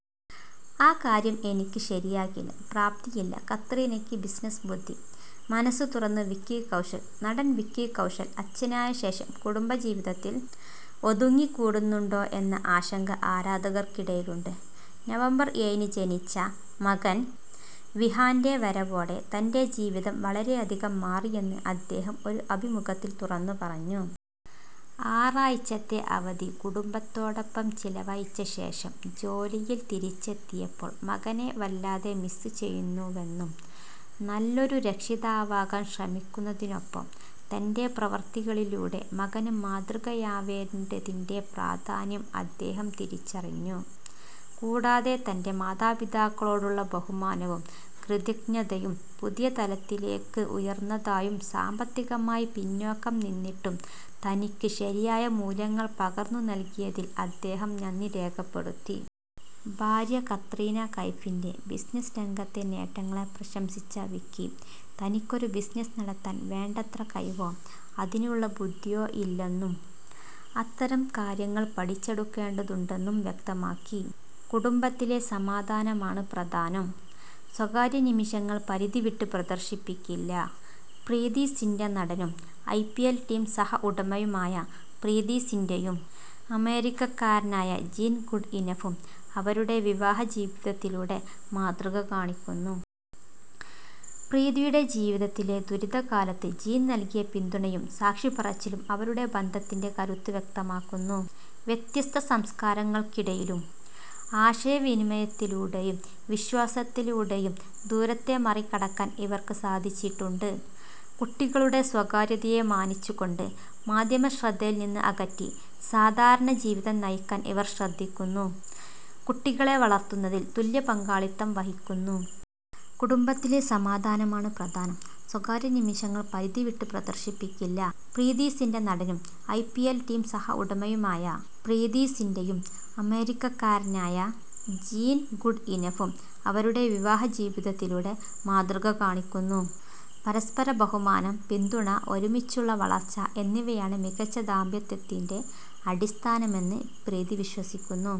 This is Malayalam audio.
ആ കാര്യം എനിക്ക് ശരിയാകില്ല, പ്രാപ്തിയില്ല; കത്രീനയ്ക്ക് ബിസിനസ്സ് ബുദ്ധി: മനസ്സു തുറന്ന് വിക്കി കൗശൽ നടൻ വിക്കി കൗശൽ അച്ഛനായ ശേഷം കുടുംബ ജീവിതത്തിൽ ഒതുങ്ങിക്കൂടുന്നുണ്ടോ എന്ന ആശങ്ക ആരാധകർക്കിടയിലുണ്ട്, നവംബർ ഏഴിന് ജനിച്ച മകൻ വിഹാൻ്റെ വരവോടെ തൻ്റെ ജീവിതം വളരെയധികം മാറിയെന്ന് അദ്ദേഹം ഒരു അഭിമുഖത്തിൽ തുറന്നുപറഞ്ഞു. ആറാഴ്ചത്തെ അവധി കുടുംബത്തോടൊപ്പം ചെലവഴിച്ച ശേഷം ജോലിയിൽ തിരിച്ചെത്തിയപ്പോൾ മകനെ വല്ലാതെ മിസ്സ് ചെയ്യുന്നുവെന്നും, നല്ലൊരു രക്ഷിതാവാകാൻ ശ്രമിക്കുന്നതിനൊപ്പം തൻ്റെ പ്രവൃത്തികളിലൂടെ മകന് മാതൃകയാവേണ്ടതിൻ്റെ പ്രാധാന്യവും അദ്ദേഹം തിരിച്ചറിഞ്ഞു. കൂടാതെ, തൻ്റെ മാതാപിതാക്കളോടുള്ള ബഹുമാനവും കൃതജ്ഞതയും പുതിയ തലത്തിലേക്ക് ഉയർന്നതായും, സാമ്പത്തികമായി പിന്നോക്കം നിന്നിട്ടും തനിക്ക് ശരിയായ മൂല്യങ്ങൾ പകർന്നുനൽകിയതിൽ അദ്ദേഹം നന്ദി രേഖപ്പെടുത്തി. ഭാര്യ കത്രീന കൈഫിൻ്റെ ബിസിനസ്സ് രംഗത്തെ നേട്ടങ്ങളെ പ്രശംസിച്ച വിക്കി, തനിക്കൊരു ബിസിനസ്സ് നടത്താൻ വേണ്ടത്ര കഴിവോ അതിനുള്ള ബുദ്ധിയോ ഇല്ലെന്നും, അത്തരം കാര്യങ്ങൾ പഠിച്ചെടുക്കേണ്ടതുണ്ടെന്നും വ്യക്തമാക്കി. കുടുംബത്തിലെ സമാധാനമാണ് പ്രധാനം; സ്വകാര്യനിമിഷങ്ങൾ പരിധിവിട്ട് പ്രദർശിപ്പിക്കില്ല: പ്രീതി സിന്റ നടനും ഐപിഎൽ ടീം സഹ ഉടമയുമായ പ്രീതി സിന്റയും അമേരിക്കക്കാരനായ ജീൻ ഗുഡ്ഇനഫും അവരുടെ വിവാഹ ജീവിതത്തിലൂടെ മാതൃക കാണിക്കുന്നു. പ്രീതിയുടെ ജീവിതത്തിലെ ദുരിതകാലത്ത് ജീൻ നൽകിയ പിന്തുണയും സാക്ഷിപറച്ചിലും അവരുടെ ബന്ധത്തിന്റെ കരുത്ത് വ്യക്തമാക്കുന്നു. വ്യത്യസ്ത സംസ്കാരങ്ങൾക്കിടയിലും ആശയവിനിമയത്തിലൂടെയും വിശ്വാസത്തിലൂടെയും ദൂരത്തെ മറികടക്കാൻ ഇവർക്ക് സാധിച്ചിട്ടുണ്ട്. കുട്ടികളുടെ സ്വകാര്യതയെ മാനിച്ചുകൊണ്ട്, മാധ്യമ ശ്രദ്ധയിൽ നിന്ന് അകറ്റി സാധാരണ ജീവിതം നയിക്കാൻ ഇവർ ശ്രദ്ധിക്കുന്നു, കുട്ടികളെ വളർത്തുന്നതിൽ തുല്യ പങ്കാളിത്തം വഹിക്കുന്നു. കുടുംബത്തിലെ സമാധാനമാണ് പ്രധാനം; സ്വകാര്യനിമിഷങ്ങൾ പരിധിവിട്ട് പ്രദർശിപ്പിക്കില്ല: പ്രീതി സിന്റ നടനും ഐപിഎൽ ടീം സഹ ഉടമയുമായ പ്രീതി സിന്റയും അമേരിക്കക്കാരനായ ജീൻ ഗുഡ്ഇനഫും അവരുടെ വിവാഹ ജീവിതത്തിലൂടെ മാതൃക കാണിക്കുന്നു. പരസ്പര ബഹുമാനം, പിന്തുണ, ഒരുമിച്ചുള്ള വളർച്ച എന്നിവയാണ് മികച്ച ദാമ്പത്യത്തിന്റെ അടിസ്ഥാനമെന്ന് പ്രീതി വിശ്വസിക്കുന്നു.